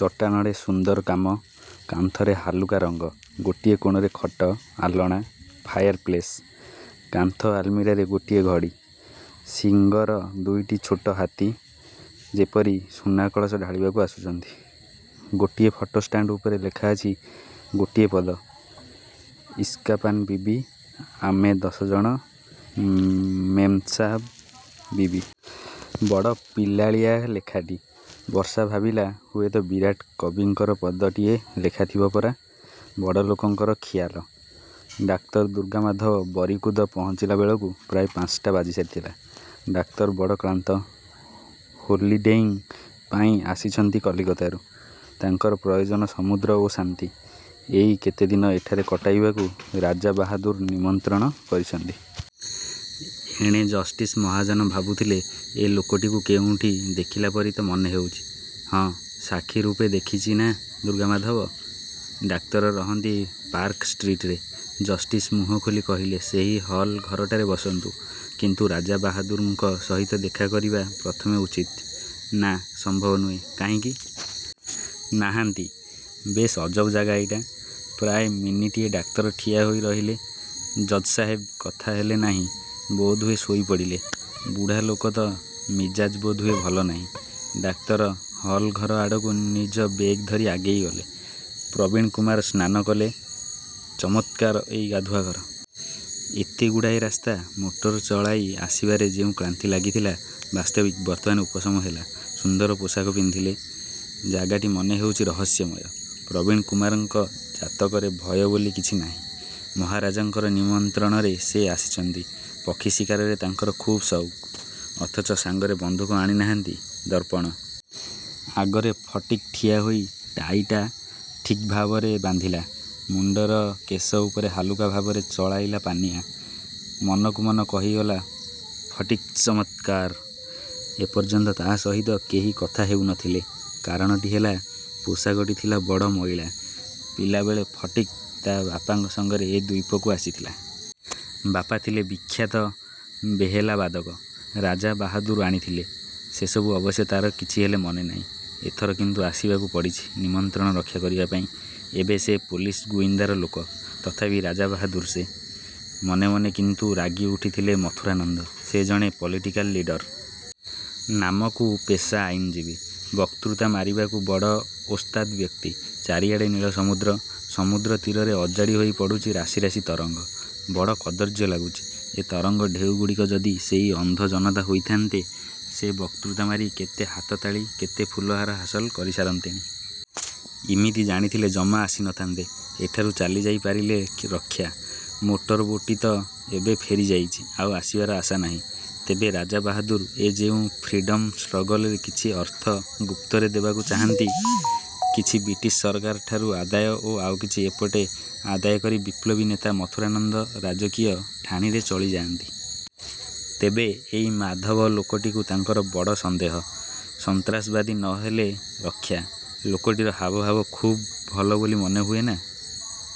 ଚଟାଣରେ ସୁନ୍ଦର କାମ। କାନ୍ଥରେ ହାଲୁକା ରଙ୍ଗ। ଗୋଟିଏ କୋଣରେ ଖଟ, ଆଲଣା, ଫାୟାରପ୍ଲେସ୍। କାନ୍ଥ ଆଲମୀରାରେ ଗୋଟିଏ ଘଡ଼ି। ଶିଙ୍ଗର ଦୁଇଟି ଛୋଟ ହାତୀ, ଯେପରି ସୁନାକଳସ ଢାଳିବାକୁ ଆସୁଛନ୍ତି। ଗୋଟିଏ ଫଟୋ ଷ୍ଟାଣ୍ଡ ଉପରେ ଲେଖାଅଛି ଗୋଟିଏ ପଦ ଇସ୍କା ପାନ ବିବି, ଆମେ ଦଶଜଣ ମେମ୍ସାହାବ ବିବି। ବଡ଼ ପିଲାଳିଆ ଲେଖାଟି। ବର୍ଷା ଭାବିଲା, ହୁଏତ ବିରାଟ କବିଙ୍କର ପଦଟିଏ ଲେଖାଥିବ ପରା! ବଡ଼ଲୋକଙ୍କର ଖିଆଲ! ଡାକ୍ତର ଦୁର୍ଗାମାଧବ ବରିକୁଦ ପହଞ୍ଚିଲାବେଳକୁ ପ୍ରାୟ ପାଞ୍ଚଟା ବାଜିସାରିଥିଲା। ଡାକ୍ତର ବଡ଼ କ୍ଳାନ୍ତ। ହୋଲିଡେଇଂ ପାଇଁ ଆସିଛନ୍ତି କଲିକତାରୁ। ତାଙ୍କର ପ୍ରୟୋଜନ ସମୁଦ୍ର ଓ ଶାନ୍ତି। ଏଇ କେତେଦିନ ଏଠାରେ କଟାଇବାକୁ ରାଜାବାହାଦୁର ନିମନ୍ତ୍ରଣ କରିଛନ୍ତି। ଏଣେ ଜଷ୍ଟିସ୍ ମହାଜନ ଭାବୁଥିଲେ, ଏ ଲୋକଟିକୁ କେଉଁଠି ଦେଖିଲାପରି ତ ମନେହେଉଛି! ହଁ, ସାକ୍ଷୀରୂପେ ଦେଖିଛି ନାଁ ଦୁର୍ଗାମାଧବ। ଡାକ୍ତର ରହନ୍ତି ପାର୍କଷ୍ଟ୍ରିଟରେ। ଜଷ୍ଟିସ୍ ମୁହଁ ଖୋଲି କହିଲେ ସେହି ହଲ୍ ଘରଟାରେ ବସନ୍ତୁ। କିନ୍ତୁ ରାଜାବାହାଦୁରଙ୍କ ସହିତ ଦେଖାକରିବା ପ୍ରଥମେ ଉଚିତ। ନା, ସମ୍ଭବ ନୁହେଁ। କାହିଁକି? ନାହାନ୍ତି। ବେଶ୍ ଅଜବ ଜାଗା ଏଇଟା! ପ୍ରାୟ ମିନିଟିଏ ଡାକ୍ତର ଠିଆହୋଇ ରହିଲେ। ଜଜ୍ସାହେବ କଥା ହେଲେ ନାହିଁ। ବୋଧହୁଏ ଶୋଇପଡ଼ିଲେ। ବୁଢ଼ାଲୋକ ତ, ମିଜାଜ୍ ବୋଧହୁଏ ଭଲ ନାହିଁ। ଡାକ୍ତର ହଲ୍ ଘର ଆଡ଼କୁ ନିଜ ବେଗ୍ ଧରି ଆଗେଇଗଲେ। ପ୍ରବୀଣକୁମାର ସ୍ନାନ କଲେ। ଚମତ୍କାର ଏଇ ଗାଧୁଆଘର। ଏତେଗୁଡ଼ାଏ ରାସ୍ତା ମୋଟର ଚଳାଇ ଆସିବାରେ ଯେଉଁ କ୍ଳାନ୍ତି ଲାଗିଥିଲା, ବାସ୍ତବିକ ବର୍ତ୍ତମାନ ଉପଶମ ହେଲା। ସୁନ୍ଦର ପୋଷାକ ପିନ୍ଧିଲେ। ଜାଗାଟି ମନେହେଉଛି ରହସ୍ୟମୟ। ପ୍ରବୀଣକୁମାରଙ୍କ ଜାତକରେ ଭୟ ବୋଲି କିଛି ନାହିଁ। ମହାରାଜାଙ୍କର ନିମନ୍ତ୍ରଣରେ ସେ ଆସିଛନ୍ତି। ପକ୍ଷୀଶିକାରରେ ତାଙ୍କର ଖୁବ୍ ସଉକ। ଅଥଚ ସାଙ୍ଗରେ ବନ୍ଧୁକ ଆଣିନାହାନ୍ତି। ଦର୍ପଣ ଆଗରେ ଫଟିକ୍ ଠିଆହୋଇ ଟାଈଟା ଠିକ୍ଭାବରେ ବାନ୍ଧିଲା। ମୁଣ୍ଡର କେଶ ଉପରେ ହାଲୁକା ଭାବରେ ଚଳାଇଲା ପାନିଆ। ମନକୁମନ କହିଗଲା ଫଟିକ୍ଚ ମତ୍କାର! ଏପର୍ଯ୍ୟନ୍ତ ତା’ ସହିତ କେହି କଥା ହେଉ ନ ଥିଲେ। କାରଣଟି ହେଲା, ପୋଷାକଟି ଥିଲା ବଡ଼ ମଇଳା। ପିଲାବେଳେ ଫଟିକ୍ ତା’ ବାପାଙ୍କ ସଙ୍ଗରେ ଏ ଦ୍ଵୀପକୁ ଆସିଥିଲା। ବାପା ଥିଲେ ବିଖ୍ୟାତ ବେହେଲାବାଦକ। ରାଜାବାହାଦୁର ଆଣିଥିଲେ। ସେସବୁ ଅବଶ୍ୟ ତା’ର କିଛିହେଲେ ମନେନାହିଁ। ଏଥର କିନ୍ତୁ ଆସିବାକୁ ପଡ଼ିଛି ନିମନ୍ତ୍ରଣ ରକ୍ଷାକରିବା ପାଇଁ, ଏବେ ସେ ପୋଲିସ ଗୁଇନ୍ଦାର ଲୋକ। ତଥାପି ରାଜାବାହାଦୁର ସେ। ମନେମନେ କିନ୍ତୁ ରାଗିଉଠିଥିଲେ ମଥୁରାନନ୍ଦ। ସେ ଜଣେ ପଲିଟିକାଲ ଲିଡର୍। ନାମକୁ ପେଶା ଆଇନଜୀବୀ। ବକ୍ତୃତା ମାରିବାକୁ ବଡ଼ ଓସ୍ତାଦ୍ ବ୍ୟକ୍ତି। ଚାରିଆଡ଼େ ନୀଳସମୁଦ୍ର। ସମୁଦ୍ରତୀରରେ ଅଜାଡ଼ି ହୋଇ ପଡ଼ୁଛି ରାଶି ରାଶି ତରଙ୍ଗ। ବଡ଼ କଦର୍ଯ୍ୟ ଲାଗୁଛି। ଏ ତରଙ୍ଗ ଢେଉଗୁଡ଼ିକ ଯଦି ସେଇ ଅନ୍ଧ ଜନତା ହୋଇଥାନ୍ତେ, ସେ ବକ୍ତୃତା ମାରି କେତେ ହାତତାଳି, କେତେ ଫୁଲହାର ହାସଲ କରିସାରନ୍ତେଣି! ଇମିତି ଜାଣିଥିଲେ ଜମା ଆସି ନ ଥାନ୍ତେ। ଏଠାରୁ ଚାଲିଯାଇପାରିଲେ ରକ୍ଷା। ମୋଟର ବୋଟ୍ଟି ତ ଏବେ ଫେରିଯାଇଛି, ଆଉ ଆସିବାର ଆଶା ନାହିଁ। ତେବେ ରାଜାବାହାଦୁର ଏ ଯେଉଁ ଫ୍ରିଡମ୍ ଷ୍ଟ୍ରଗଲରେ କିଛି ଅର୍ଥ ଗୁପ୍ତରେ ଦେବାକୁ ଚାହାନ୍ତି। କିଛି ବ୍ରିଟିଶ ସରକାରଠାରୁ ଆଦାୟ ଓ ଆଉକିଛି ଏପଟେ ଆଦାୟ କରି ବିପ୍ଳବୀନେତା ମଥୁରାନନ୍ଦ ରାଜକୀୟ ଠାଣିରେ ଚଳିଯାଆନ୍ତି। ତେବେ ଏଇ ମାଧବ ଲୋକଟିକୁ ତାଙ୍କର ବଡ଼ ସନ୍ଦେହ। ସନ୍ତ୍ରାସବାଦୀ ନ ହେଲେ ରକ୍ଷା। ଲୋକଟିର ହାବଭାବ ଖୁବ୍ ଭଲ ବୋଲି ମନେହୁଏ ନା।